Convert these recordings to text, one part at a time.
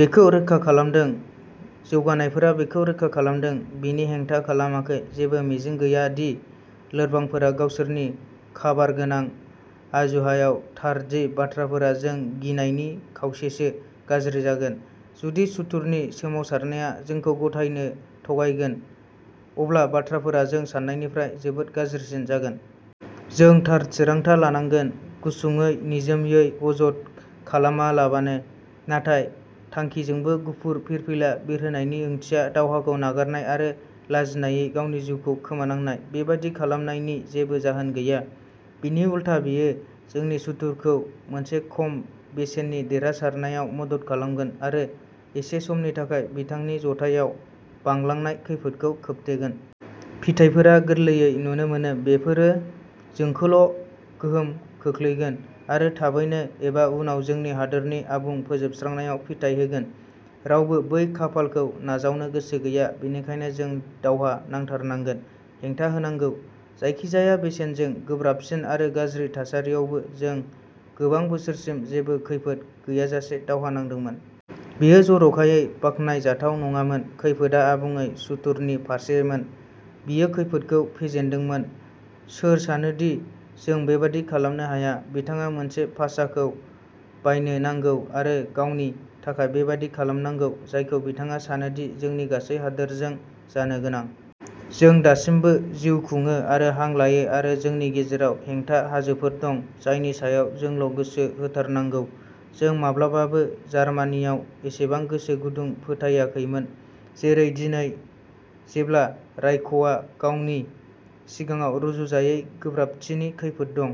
बेखौ रोखा खालामदों। जौगानायफोरा बेखौ रोखा खालामदों। बिनि हेंथा खालामाखै। जेबो मिजिं गैया दि लोरबांफोरा गावसोरनि काबारगोनां अजुहायाव थार दि बाथ्राफोरा जों गिनायनि खावसेसो गाज्रि जागोन। जुदि सुथुरनि सोमावसारनाया जोंखौ गथायनो थगायगोन, अब्ला बाथ्राफोरा जों सान्नायनिफ्राय जोबोद गाज्रिसिन जागोन। जों थार थिरांथा लानांगोन। गुसुङै, निजोमयै, अजद खालामालाबानो। नाथाय थांखिजोंबो गुफुर फिरफिला बिरहोनायनि ओंथिया दावहाखौ नागारनाय आरो लाजिनायै गावनि जिउखौ खोमानांनाय। बेबादि खालामनायनि जेबो जाहोन गैया। बिनि उलथा बेयो जोंनि सुथुरखौ मोनसे खम बेसेननि देरहासारनायाव मदद खालामगोन आरो एसे समनि थाखाय बिथांनि जथायाव बांलांनाय खैफोदखौ खोबथेगोन। फिथायफोरा गोरलैयै नुनो मोनो। बेफोरो जोंखौल' गोहोम खोख्लैगोन आरो थाबैनो एबा उनाव जोंनि हादोरनि आबुं फोजोबस्रांनायाव फिथाय होगोन। रावबो बै खाफालखौ नाजावनो गोसो गैया। बेनिखायनो जों दावहा नांथारनांगोन, हेंथा होनांगौ। जायखिजाया बेसेनजों गोब्राबसिन आरो गाज्रि थासारियावबो जों गोबां बोसोरसिम जेबो खैफोद गैयाजासे दावहा नांदोंमोन। बेयो जर'खायै बाखनाय जाथाव नङामोन। खैफोदआ आबुङै सुथुरनि फारसेमोन। बियो खैफोदखौ फेजेनदोंमोन। सोर सानोदि जों बेबादि खालामनो हाया? बिथाङा मोनसे फासाखौ बायनो नांगौ आरो गावनि थाखाय बेबादि खालामनांगौ जायखौ बिथाङा सानो दि जोंनि गासै हादोरजों जानो गोनां। जों दासिमबो जिउ खुङो आरो हां लायो आरो जोंनि गेजेराव हेंथा हाजोफोर दं जायनि सायाव जोंल' गोसो होथारनांगौ। जों माब्लाबाबो जार्मानियाव एसेबां गोसो गुदुं फोथायाखैमोन जेरै दिनै जेब्ला राइखआ गावनि सिगाङाव रुजुजायै गोब्राबथिनि खैफोद दं।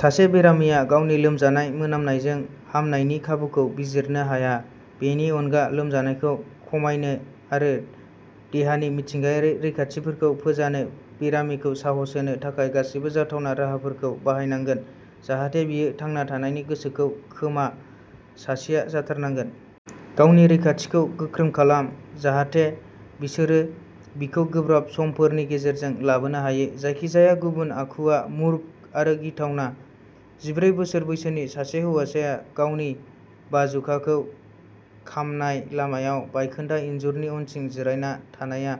सासे बेरामिया गावनि लोमजानाय मोनामनायजों हामनायनि खाबुखौ बिजिरनो हाया। बेनि अनगा लोमजानायखौ खमायनो आरो देहानि मिथिंगायारि रैखाथिफोरखौ फोजानो बेरामिखौ साहस होनो थाखाय गासैबो जाथावना राहाफोरखौ बाहायनांगोन जाहाथे बियो थांना थानायनि गोसोखौ खोमा सासेआ जाथारनांगोन। गावनि रैखाथिखौ गोख्रों खालाम जाहाथे बिसोरो बिखौ गोब्राब समफोरनि गेजेरजों लाबोनो हायो। जायखिजाया गुबुन आखुआ मुर्ख आरो गिथावना। जिब्रै बोसोर बैसोनि सासे हौवासाया गावनि बाजुकाखौ खामनाय लामायाव बायखोन्दा इनजुरनि उनथिं जिरायना थानायआ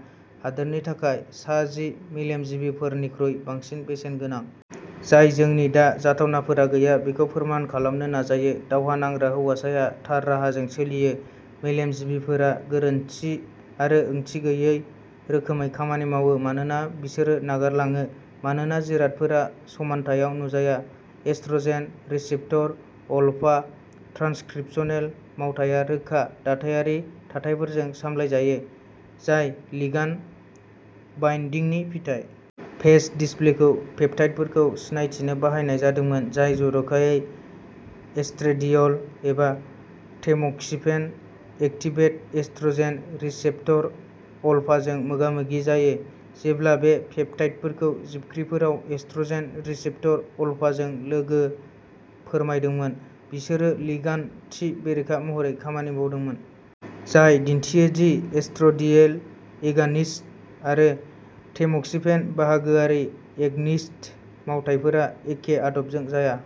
हादोरनि थाखाय सा जि मेलेमजिबिफोरनिख्रुइ बांसिन बेसेन गोनां। जाय जोंनि दा जाथावनाफोरा गैया बेखौ फोरमान खालामनो नाजायो। दावहा नांग्रा हौवासाया थार राहाजों सोलियो, मेलेमजिबिफोरा गोरोन्थि आरो ओंथि गैयै रोखोमै खामानि मावो मानोना बिसोरो नागारलाङो मानोना जिरादफोरा समान्थायाव नुजाया। एस्ट्रजेन रिसेप्टर अलफा ट्रानसक्रिप्शनेल मावथाया रोखा दाथायारि थाथायफोरजों सामलायजायो जाय लिगान्द बाइनदिंनि फिथाय। फेज डिसप्लेखौ पेप्टाइडफोरखौ सिनायथिनो बाहायनाय जादोंमोन जाय जर'खायै एस्ट्रेडियल एबा टेम'क्सिफेन एक्टिभेट एस्ट्रजेन रिसेप्टर अलफाजों मोगामोगि जायो। जेब्ला बे पेप्टाइडफोरखौ जिबख्रिफोराव एस्ट्रजेन रिसेप्टर अलफाजों लोगो फोरमायदोंमोन। बिसोरो लिगान्द थि बेरेखा महरै खामानि मावदोंमोन। जाय दिनथियो दि एस्ट्रडियेल एगनिस्ट आरो टेम'क्सिफेन बाहागोआरि एगनिस्ट मावथायफोरा एखे आदबजों जाया।